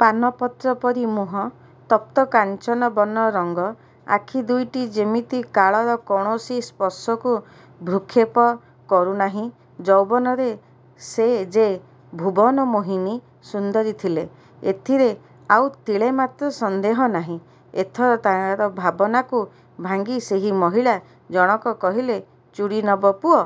ପାନପତ୍ର ପରି ମୁହଁ, ତପ୍ତ କାଞ୍ଚନ ବର୍ଣ୍ଣର ରଙ୍ଗ, ଆଖି ଦୁଇଟି ଯେମିତି କାଳର କୌଣସି ସ୍ପର୍ଶକୁ ଭ୍ରୂକ୍ଷେପ କରୁନାହିଁ-। ଯୌବନରେ ସେ ଯେ ଭୁବନମୋହିନୀ ସୁନ୍ଦରୀ ଥିଲେ, ଏଥିରେ ଆଉ ତିଳେମାତ୍ର ସନ୍ଦେହ ନାହିଁ-। ଏଥର ତା'ର ଭାବନାକୁ ଭାଙ୍ଗି ସେହି ମହିଳା ଜଣକ କହିଲେ, ଚୁଡ଼ି ନବ ପୁଅ?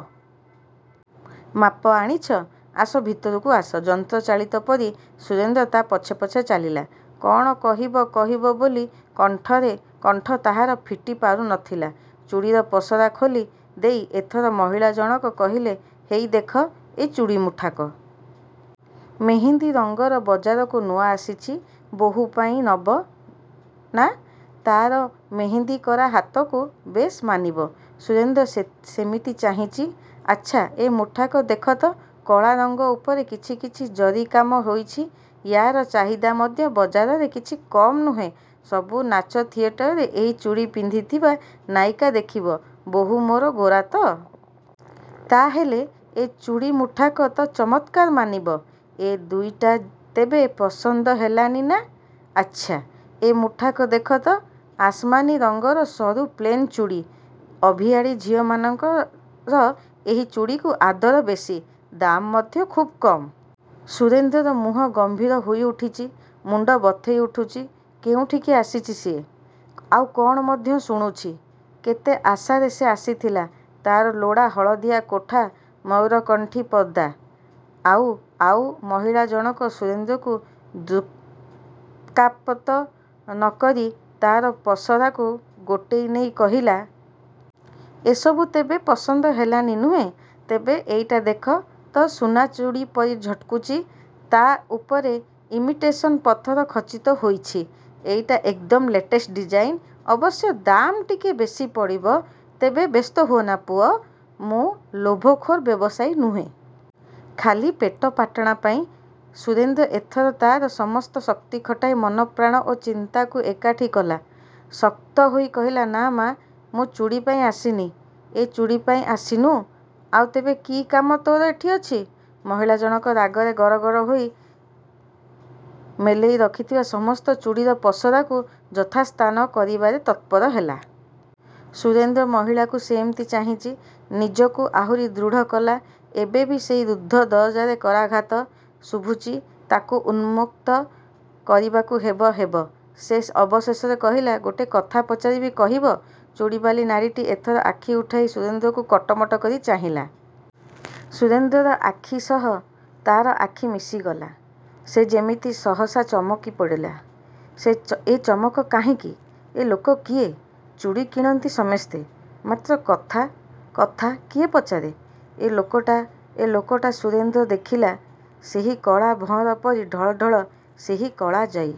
ମାପ ଆଣିଛ? ଆସ ଭିତରକୁ ଆସ। ଯନ୍ତ୍ରଚାଳିତ ପରି ସୁରେନ୍ଦ୍ର ତା' ପଛେ ପଛେ ଚାଲିଲା। କ'ଣ କହିବ କହିବ ବୋଲି କଣ୍ଠ ତାହାର ଫିଟି ପାରୁ ନ ଥିଲା। ଚୁଡ଼ିର ପସରା ଖୋଲି ଦେଇ ଏଥର ମହିଳା ଜଣକ କହିଲେ, ହେଇ ଦେଖ, ଏ ଚୁଡ଼ି ମୁଠାକ। ମେହେନ୍ଦି ରଙ୍ଗର ବଜାରକୁ ନୂଆ ଆସିଛି। ବୋହୂ ପାଇଁ ନବ ନାଁ। ତା'ର ମେହେନ୍ଦିକରା ହାତକୁ ବେଶ୍ ମାନିବ। ସୁରେନ୍ଦ୍ର ସେମିତି ଚାହିଁଚି। ଆଚ୍ଛା, ଏ ମୁଠାକ ଦେଖ ତ। କଳା ରଙ୍ଗ ଉପରେ କିଛି କିଛି ଜରି କାମ ହୋଇଛି। ୟାର ଚାହିଦା ମଧ୍ୟ ବଜାରରେ କିଛି କମ୍ ନୁହେଁ, ସବୁ ନାଚ ଥିଏଟରରେ ଏହି ଚୁଡ଼ି ପିନ୍ଧିଥିବା ନାୟିକା ଦେଖିବ, ବୋହୂ ମୋ'ର ଗୋରା ତ? ତା' ହେଲେ ଏ ଚୁଡ଼ି ମୁଠାକ ତ ଚମତ୍କାର ମାନିବ। ଏ ଦୁଇଟା ତେବେ ପସନ୍ଦ ହେଲାନି, ନାଁ? ଆଚ୍ଛା, ଏ ମୁଠାକ ଦେଖ ତ, ଆସମାନି ରଙ୍ଗର ସରୁ ପ୍ଲେନ ଚୁଡ଼ି। ଅଭିଆଡ଼ୀ ଝିଅମାଙ୍କର ଏ ଚୁଡ଼ିକୁ ଆଦର ବେଶୀ, ଦାମ୍ ମଧ୍ୟ ଖୁବ୍ କମ୍-। ସୁରେନ୍ଦ୍ରର ମୁହଁ ଗମ୍ଭୀର ହୋଇ ଉଠିଚି। ମୁଣ୍ଡ ବଥେଇ ଉଠୁଛି, କେଉଁଠିକି ଆସିଛି ସେ-? ଆଉ କ'ଣ ମଧ୍ୟ ଶୁଣୁଛି? କେତେ ଆଶାରେ ସେ ଆସିଥିଲା। ତା'ର ଲୋଡ଼ା ହଳଦିଆ କୋଠା ମୟୂରକଣ୍ଠୀ ପର୍ଦ୍ଦା। ଆଉ-. ଆଉ-. ମହିଳା ଜଣକ ସୁରେନ୍ଦ୍ରକୁ ଦୃକ୍ପାତ ନ କରି, ତା'ର ପସରାକୁ ଗୋଟେଇ ନେଇ କହିଲା-. ଏସବୁ ତେବେ ପସନ୍ଦ ହେଲାନି, ନୁହେଁ? ତେବେ ଏଇଟା ଦେଖ ତ, ସୁନା ଚୁଡ଼ି ପରି ଝଟକୁଛି। ତା' ଉପରେ ଇମିଟେସନ ପଥର ଖଚିତ ହୋଇଛି। ଏଇଟା ଏକଦମ୍ ଲେଟେଷ୍ଟ ଡିଜାଇନ୍। ଅବଶ୍ୟ ଦାମ୍ ଟିକେ ବେଶୀ ପଡ଼ିବ। ତେବେ ବ୍ୟସ୍ତ ହୁଅନା ପୁଅ। ମୁଁ ଲାଭଖୋର ବ୍ୟବସାୟୀ ନୁହେଁ। ଖାଲି ପେଟପାଟଣା ପାଇଁ। ସୁରେନ୍ଦ୍ର ଏଥର ତା'ର ସମସ୍ତ ଶକ୍ତି ଖଟାଇ, ମନ ପ୍ରାଣ ଓ ଚିନ୍ତାକୁ ଏକାଠି କଲା। ଶକ୍ତ ହୋଇ କହିଲା-ନାଁ ମା, ମୁଁ ଚୁଡ଼ିପାଇଁ ଆସିନି। ଏଁ ଚୁଡ଼ିପାଇଁ ଆସିନୁ? ଆଉ ତେବେ କି କାମ ତୋ'ର ଏଠି ଅଛି? ମହିଳା ଜଣକ ରାଗରେ ଗର ଗର ହୋଇ ମେଲେଇ ରଖିଥିବା ସମସ୍ତ ଚୁଡ଼ିର ପସରାକୁ ଯଥାସ୍ଥାନ କରିବାରେ ତତ୍ପର ହେଲା। ସୁରେନ୍ଦ୍ର ମହିଳାକୁ ସେମିତି ଚାହିଁ, ନିଜକୁ ଆହୁରି ଦୃଢ଼ କଲା। ଏବେ ବି ସେହି ରୁଦ୍ଧ ଦରଜାରେ କରାଘାତ। ଶୁଭୁଛି ତାକୁ ଉନ୍ମକ୍ତ କରିବାକୁ ହେବ, ହେବ,। ସେ ଅବଶେଷରେ କହିଲା, ଗୋଟିଏ କଥା ପଚାରିବି, କହିବ? ଚୁଡ଼ିବାଲୀ ନାରୀଟି ଏଥର ଆଖି ଉଠାଇ ସୁରେନ୍ଦ୍ରକୁ କଟମଟ କରି ଚାହିଁଲା। ସୁରେନ୍ଦ୍ରର ଆଖି ସହ ତା'ର ଆଖି ମିଶିଗଲା। ସେ ଯେମିତି ସହସା ଚମକି ପଡ଼ିଲା। ଏ ଚମକ କାହିଁକି? ଏ ଲୋକ କିଏ? ଚୁଡ଼ି କିଣନ୍ତି ସମସ୍ତେ- ମାତ୍ର କଥା, କଥା କିଏ ପଚାରେ? ଏ ଲୋକଟା- ଏ- ଲୋକଟା- ସୁରେନ୍ଦ୍ର ଦେଖିଲା- ସେଇ କଳା ଭଅଁର ପରି ଢଳଢଳ ସେହି କାଳଜୟୀ